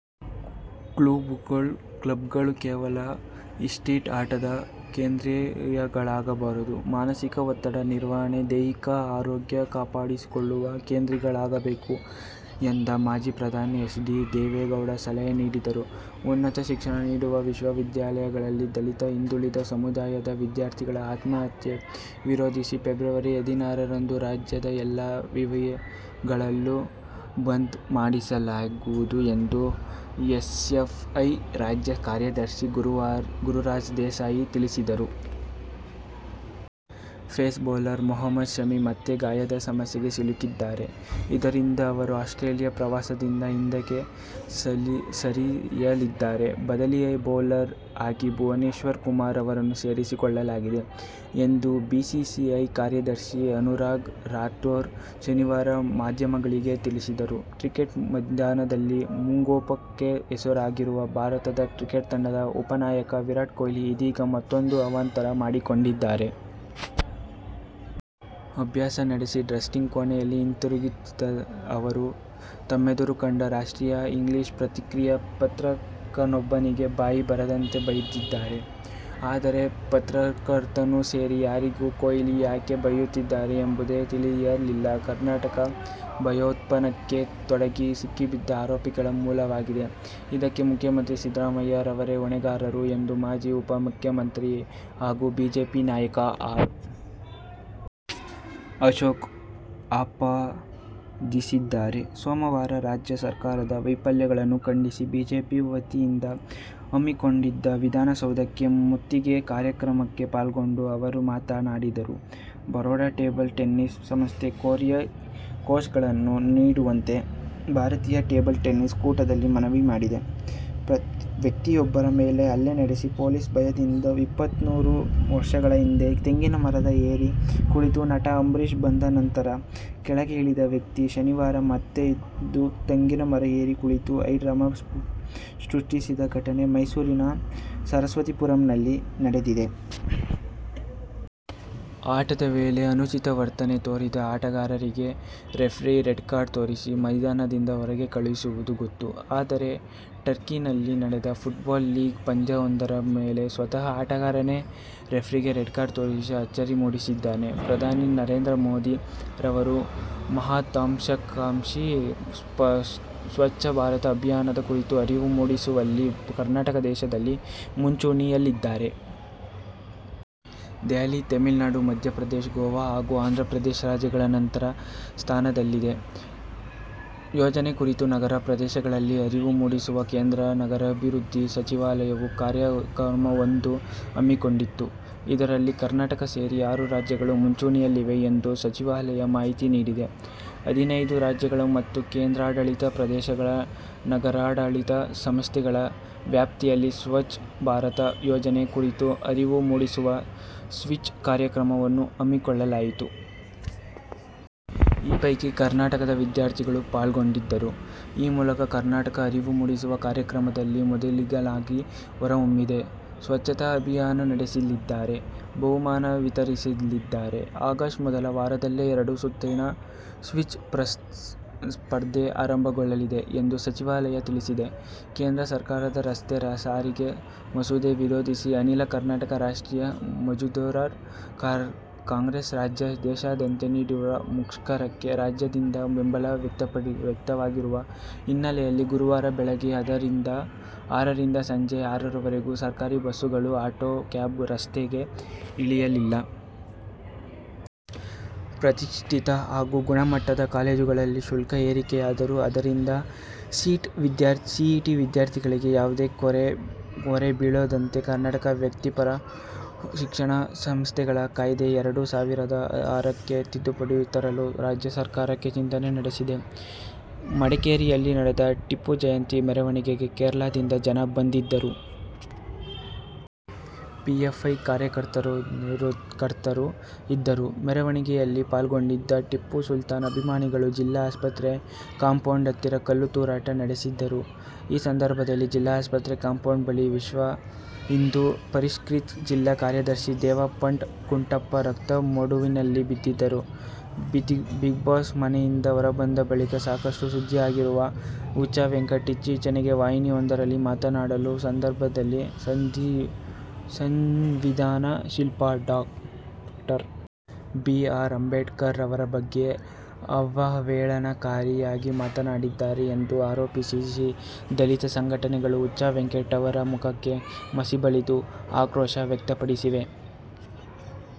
ಕ್ಲಬ್ಗಳು ಕೇವಲ ಇಸ್ಪೀಟ್ ಆಟದ ಕೇಂದ್ರಗಳಾಗಬಾರದು. ಮಾನಸಿಕ ಒತ್ತಡ ನಿವಾರಣೆ, ದೈಹಿಕ ಆರೋಗ್ಯ ಕಾಪಾಡಿಕೊಳ್ಳುವ ಕೇಂದ್ರಗಳಾಗಬೇಕು ಎಂದು ಮಾಜಿ ಪ್ರಧಾನಿ ಎಚ್. ಡಿ. ದೇವೇಗೌಡ ಸಲಹೆ ನೀಡಿದರು. ಉನ್ನತ ಶಿಕ್ಷಣ ನೀಡುವ ವಿಶ್ವ ವಿದ್ಯಾಲಯಗಳಲ್ಲಿ ದಲಿತ, ಹಿಂದುಳಿದ ಸಮುದಾಯದ ವಿದ್ಯಾರ್ಥಿಗಳ ಹತ್ಯೆ ವಿರೋಧಿಸಿ ಫೆಬ್ರವರಿ ಹದಿನಾರರಂದು ರಾಜ್ಯದ ಎಲ್ಲಾ ವಿವಿಗಳನ್ನು ಬಂದ್ ಮಾಡಿಸಲಾಗುವುದು ಎಂದು ಎಸ್ಎಫ್ಐ ರಾಜ್ಯ ಕಾರ್ಯದರ್ಶಿ ಗುರುರಾಜ್ ದೇಸಾಯಿ ತಿಳಿಸಿದರು. ಪೇಸ್ ಬೌಲರ್ ಮೊಹಮ್ಮದ್ ಶಮಿ ಮತ್ತೆ ಗಾಯದ ಸಮಸ್ಯೆಗೆ ಸಿಲುಕಿದ್ದಾರೆ. ಇದರಿಂದ ಅವರು ಆಸ್ಟ್ರೇಲಿಯ ಪ್ರವಾಸದಿಂದ ಹಿಂದೆ ಸರಿಯಲಿದ್ದಾರೆ. ಬದಲಿ ಬೌಲರ್ ಆಗಿ ಭುವನೇಶ್ವರ್ ಕುಮಾರ್ ಅವರನ್ನು ಸೇರಿಸಿಕೊಳ್ಳಲಾಗಿದೆ ಎಂದು ಬಿಸಿಸಿಐ ಕಾರ್ಯದರ್ಶಿ ಅನುರಾಗ್ ಠಾಕೂರ್ ಶನಿವಾರ ಮಾಧ್ಯಮಗಳಿಗೆ ತಿಳಿಸಿದರು. ಕ್ರಿಕೆಟ್ ಮೈದಾನದಲ್ಲಿ ಮುಂಗೋಪಕ್ಕೆ ಹೆಸರಾಗಿರುವ ಭಾರತ ಕ್ರಿಕೆಟ್ ತಂಡದ ಉಪ ನಾಯಕ ವಿರಾಟ್ ಕೊಹ್ಲಿ ಇದೀಗ ಮತ್ತೂಂದು ಅವಾಂತರ ಮಾಡಿಕೊಂಡಿದ್ದಾರೆ. ಅಭ್ಯಾಸ ನಡೆಸಿ ಡ್ರೆಸ್ಸಿಂಗ್ ಕೋಣೆಗೆ ಹಿಂತಿರುಗುತ್ತಿದ್ದ ಅವರು, ತಮ್ಮೆದುರು ಕಂಡ ರಾಷ್ಟ್ರೀಯ ಇಂಗ್ಲಿಷ್ ಪತ್ರಿಕೆಯ ಪತ್ರಕರ್ತನೊಬ್ಬನಿಗೆ ಬಾಯಿಗೆ ಬಂದಂತೆ ಬೈದಿದ್ದಾರೆ. ಆದರೆ ಪತ್ರಕರ್ತನೂ ಸೇರಿ ಯಾರಿಗೂ ಕೊಹ್ಲಿ ಯಾಕೆ ಬೈಯುತ್ತಿದ್ದಾರೆ ಎಂಬುದೇ ತಿಳಿಯಲಿಲ್ಲ ಕರ್ನಾಟಕ ಭಯೋತ್ಪಾದನೆಯಲ್ಲಿ ತೊಡಗಿ ಸಿಕ್ಕಿಬಿದ್ದ ಆರೋಪಿಗಳ ಮೂಲವಾಗಿದೆ. ಇದಕ್ಕೆ ಮುಖ್ಯಮಂತ್ರಿ ಸಿದ್ದರಾಮಯ್ಯ ಅವರೇ ಹೊಣೆಗಾರರು ಎಂದು ಮಾಜಿ ಉಪಮುಖ್ಯಮಂತ್ರಿ ಹಾಗೂ ಬಿಜೆಪಿ ನಾಯಕ ಆರ್. ಅಶೋಕ್ ಆಪಾದಿಸಿದ್ದಾರೆ. ಸೋಮವಾರ ರಾಜ್ಯ ಸರ್ಕಾರದ ವೈಫಲ್ಯಗಳನ್ನು ಖಂಡಿಸಿ ಬಿಜೆಪಿ ವತಿಯಿಂದ ಹಮ್ಮಿಕೊಂಡಿದ್ದ ವಿಧಾನಸೌಧಕ್ಕೆ ಮುತ್ತಿಗೆ ಕಾರ್ಯಕ್ರಮದಲ್ಲಿ ಪಾಲ್ಗೊಂಡು ಅವರು ಮಾತನಾಡಿದರು. ಬರೋಡ ಟೇಬಲ್ ಟೆನ್ನಿಸ್ ಸಂಸ್ಥೆ ಕೊರಿಯಾ ಕೋಚ್ಗಳನ್ನು ನೀಡುವಂತೆ ಭಾರತೀಯ ಟೇಬಲ್ ಟೆನ್ನಿಸ್ ಒಕ್ಕೂಟಕ್ಕೆ ಮನವಿ ಮಾಡಿದೆ. ವ್ಯಕ್ತಿಯೊಬ್ಬರ ಮೇಲೆ ಹಲ್ಲೆ ನಡೆಸಿ ಪೊಲೀಸರ ಭಯದಿಂದ ಇಪ್ಪತ್ಮೂರು ವರ್ಷಗಳ ಹಿಂದೆ ತೆಂಗಿನ ಮರ ಏರಿ ಕುಳಿತು ನಟ ಅಂಬರೀಶ್ ಬಂದ ನಂತರ ಕೆಳಗಿಳಿದಿದ್ದ ವ್ಯಕ್ತಿ, ಶನಿವಾರ ಮತ್ತದೇ ತೆಂಗಿನ ಮರ ಏರಿ ಕುಳಿತು ಹೈಡ್ರಾಮಾ ಸೃಷ್ಟಿಸಿದ ಘಟನೆ ಮೈಸೂರಿನ ಸರಸ್ವತಿಪುರಂನಲ್ಲಿ ನಡೆದಿದೆ. ಆಟದ ವೇಳೆ ಅನುಚಿತ ವರ್ತನೆ ತೋರಿದ ಆಟಗಾರರಿಗೆ ರೆಫ್ರಿ ರೆಡ್ಕಾರ್ಡ್ ತೋರಿಸಿ, ಮೈದಾನದಿಂದ ಹೊರಗೆ ಕಳುಹಿಸುವುದು ಗೊತ್ತು. ಅದರೆ ಟರ್ಕಿಯಲ್ಲಿ ನಡೆದ ಫುಟ್ಬಾಲ್ ಲೀಗ್ ಪಂದ್ಯವೊಂದರ ವೇಳೆ ಸ್ವತಃ ಆಟಗಾರನೇ ರೆಫ್ರಿಗೆ ರೆಡ್ಕಾರ್ಡ್ ತೋರಿಸಿ ಅಚ್ಚರಿ ಮೂಡಿಸಿದ್ದಾನೆ. ಪ್ರಧಾನಿ ನರೇಂದ್ರ ಮೋದಿ ಅವರ ಮಹತ್ವಾಕಾಂಕ್ಷಿ ಸ್ವತ್ಛ ಭಾರತ ಅಭಿಯಾನದ ಕುರಿತು ಅರಿವು ಮೂಡಿಸುವಲ್ಲಿ ಕರ್ನಾಟಕ ದೇಶದಲ್ಲೇ ಮುಂಚೂಣಿಯಲ್ಲಿದೆ. ದೆಹಲಿ, ತಮಿಳುನಾಡು, ಮಧ್ಯಪ್ರದೇಶ, ಗೋವಾ ಹಾಗೂ ಆಂಧ್ರಪ್ರದೇಶ ರಾಜ್ಯಗಳು ನಂತರದ ಸ್ಥಾನದಲ್ಲಿವೆ. ಯೋಜನೆ ಕುರಿತು ನಗರ ಪ್ರದೇಶಗಳಲ್ಲಿ ಅರಿವು ಮೂಡಿಸುವ ಕೇಂದ್ರ ನಗರಾಭಿವೃದ್ಧಿ ಸಚಿವಾಲಯವು ಕಾರ್ಯಕ್ರಮವೊಂದನ್ನು ಹಮ್ಮಿಕೊಂಡಿತ್ತು. ಇದರಲ್ಲಿ ಕರ್ನಾಟಕ ಸೇರಿ ಆರು ರಾಜ್ಯಗಳು ಮುಂಚೂಣಿಯಲ್ಲಿವೆ ಎಂದು ಸಚಿವಾಲಯ ಮಾಹಿತಿ ನೀಡಿದೆ. ಹದಿನೈದು ರಾಜ್ಯಗಳು ಮತ್ತು ಕೇಂದ್ರಾಡಳಿತ ಪ್ರದೇಶಗಳ ನಗರಾಡಳಿತ ಸಂಸ್ಥೆಗಳ ವ್ಯಾಪ್ತಿಯಲ್ಲಿ ಸ್ವತ್ಛ ಭಾರತ ಯೋಜನೆ ಕುರಿತು ಅರಿವು ಮೂಡಿಸುವ ಕ್ವಿಜ್ ಕಾರ್ಯಕ್ರಮ ಹಮ್ಮಿಕೊಳ್ಳಲಾಗಿತ್ತು. ಈ ಪೈಕಿ ಕರ್ನಾಟಕದ ವಿದ್ಯಾರ್ಥಿಗಳು ಪಾಲ್ಗೊಂಡಿದ್ದರು. ಈ ಮೂಲಕ ಕರ್ನಾಟಕ ಅರಿವು ಮೂಡಿಸುವ ಕಾರ್ಯಕ್ರಮದಲ್ಲಿ ಮೊದಲಿಗನಾಗಿ ಹೊರಹೊಮ್ಮಿದೆ. ಸ್ವಚ್ಛತಾ ಅಭಿಯಾನ ನಡೆಸಿದ್ದಾರೆ. ಬಹುಮಾನ ವಿತರಿಸಲಾಗಿದೆ. ಆಗಸ್ಟ್ ಮೊದಲ ವಾರದಲ್ಲಿ ಎರಡನೇ ಸುತ್ತಿನ ಕ್ವಿಜ್ ಸ್ಪರ್ಧೆ ಆರಂಭಗೊಳ್ಳಲಿದೆ ಎಂದು ಸಚಿವಾಲಯ ತಿಳಿಸಿದೆ. ಕೇಂದ್ರ ಸರ್ಕಾರದ ರಸ್ತೆ ಸಾರಿಗೆ ಮಸೂದೆ ವಿರೋಧಿಸಿ ಅಖಿಲ ಭಾರತ ರಾಷ್ಟ್ರೀಯ ಮಜ್ದೂರ್ ಕಾಂಗ್ರೆಸ್ ದೇಶಾದ್ಯಂತ ನೀಡಿರುವ ಮುಷ್ಕರಕ್ಕೆ ರಾಜ್ಯದಿಂದಲೂ ಬೆಂಬಲ ವ್ಯಕ್ತವಾಗಿರುವ ಹಿನ್ನೆಲೆಯಲ್ಲಿ ಗುರುವಾರ ಬೆಳಗ್ಗೆ ಆರರಿಂದ ಸಂಜೆ ಆರರವರೆಗೆ ಸರ್ಕಾರಿ ಬಸ್ ಗಳು, ಆಟೋ, ಕ್ಯಾಬ್ ರಸ್ತೆಗೆ ಇಳಿಯಲ್ಲ. ಪ್ರತಿಷ್ಠಿತ ಹಾಗೂ ಗುಣಮಟ್ಟದ ಕಾಲೇಜುಗಳಲ್ಲಿ ಶುಲ್ಕ ಏರಿಕೆಯಾದರೂ ಅದರಿಂದ ಸಿಇಟಿ ವಿದ್ಯಾರ್ಥಿಗಳಿಗೆ ಯಾವುದೇ ಹೊರೆ ಬೀಳದಂತೆ ಕರ್ನಾಟಕ ವೃತ್ತಿಪರ ಶಿಕ್ಷಣ ಸಂಸ್ಥೆಗಳ ಕಾಯ್ದೆ ಎರಡು ಸಾವಿರದ ಆರಕ್ಕೆ ತಿದ್ದುಪಡಿ ತರಲು ರಾಜ್ಯ ಸರ್ಕಾರ ಚಿಂತನೆ ನಡೆಸಿದೆ. ಮಡಿಕೇರಿಯಲ್ಲಿ ನಡೆದ ಟಿಪ್ಪು ಜಯಂತಿ ಮೆರವಣಿಗೆಗೆ ಕೇರಳದಿಂದ ಜನ ಬಂದಿದ್ದರು. ಪಿಎಫ್ಐ ಕಾರ್ಯಕರ್ತರೂ ಇದ್ದರು. ಮೆರವಣಿಗೆಯಲ್ಲಿ ಪಾಲ್ಗೊಂಡಿದ್ದ ಟಿಪ್ಪು ಸುಲ್ತಾನ್ ಅಭಿಮಾನಿಗಳು ಜಿಲ್ಲಾ ಆಸ್ಪತ್ರೆ ಕಾಂಪೌಂಡ್ ಹತ್ತಿರ ಕಲ್ಲು ತೂರಾಟ ನಡೆಸಿದ್ದರು. ಈ ಸಂದರ್ಭದಲ್ಲಿ ಜಿಲ್ಲಾಸ್ಪತ್ರೆ ಕಾಂಪೌಂಡ್ ಬಳಿ ವಿಶ್ವ ಹಿಂದೂ ಪರಿಷತ್ ಜಿಲ್ಲಾ ಕಾರ್ಯದರ್ಶಿ ದೇವಪಂಡ ಕುಟ್ಟಪ್ಪ ರಕ್ತ ಮಡುವಿನಲ್ಲಿ ಬಿದ್ದಿದ್ದರು'. ಬಿಗ್ಬಾಸ್ ಮನೆಯಿಂದ ಹೊರಬಂದ ಬಳಿಕ ಸಾಕಷ್ಟು ಸುದ್ದಿಯಾಗಿರುವ ಹುಚ್ಚವೆಂಕಟ್, ಇತ್ತೀಚೆಗೆ ವಾಹಿನಿಯೊಂದರಲ್ಲಿ ಮಾತನಾಡುವ ಸಂದರ್ಭದಲ್ಲಿ ಸಂವಿಧಾನ ಶಿಲ್ಪಿ ಡಾ. ಬಿ. ಆರ್. ಅಂಬೇಡ್ಕರ್ ಅವರ ಬಗ್ಗೆ ಅವಹೇಳನಕಾರಿಯಾಗಿ ಮಾತನಾಡಿದ್ದಾರೆ ಎಂದು ಆರೋಪಿಸಿ, ದಲಿತ ಸಂಘಟನೆಗಳು ಹುಚ್ಚವೆಂಕಟ್ ಅವರ ಮುಖಕ್ಕೆ ಮಸಿಬಳಿದು ಆಕ್ರೋಶ ವ್ಯಕ್ತಪಡಿಸಿವೆ.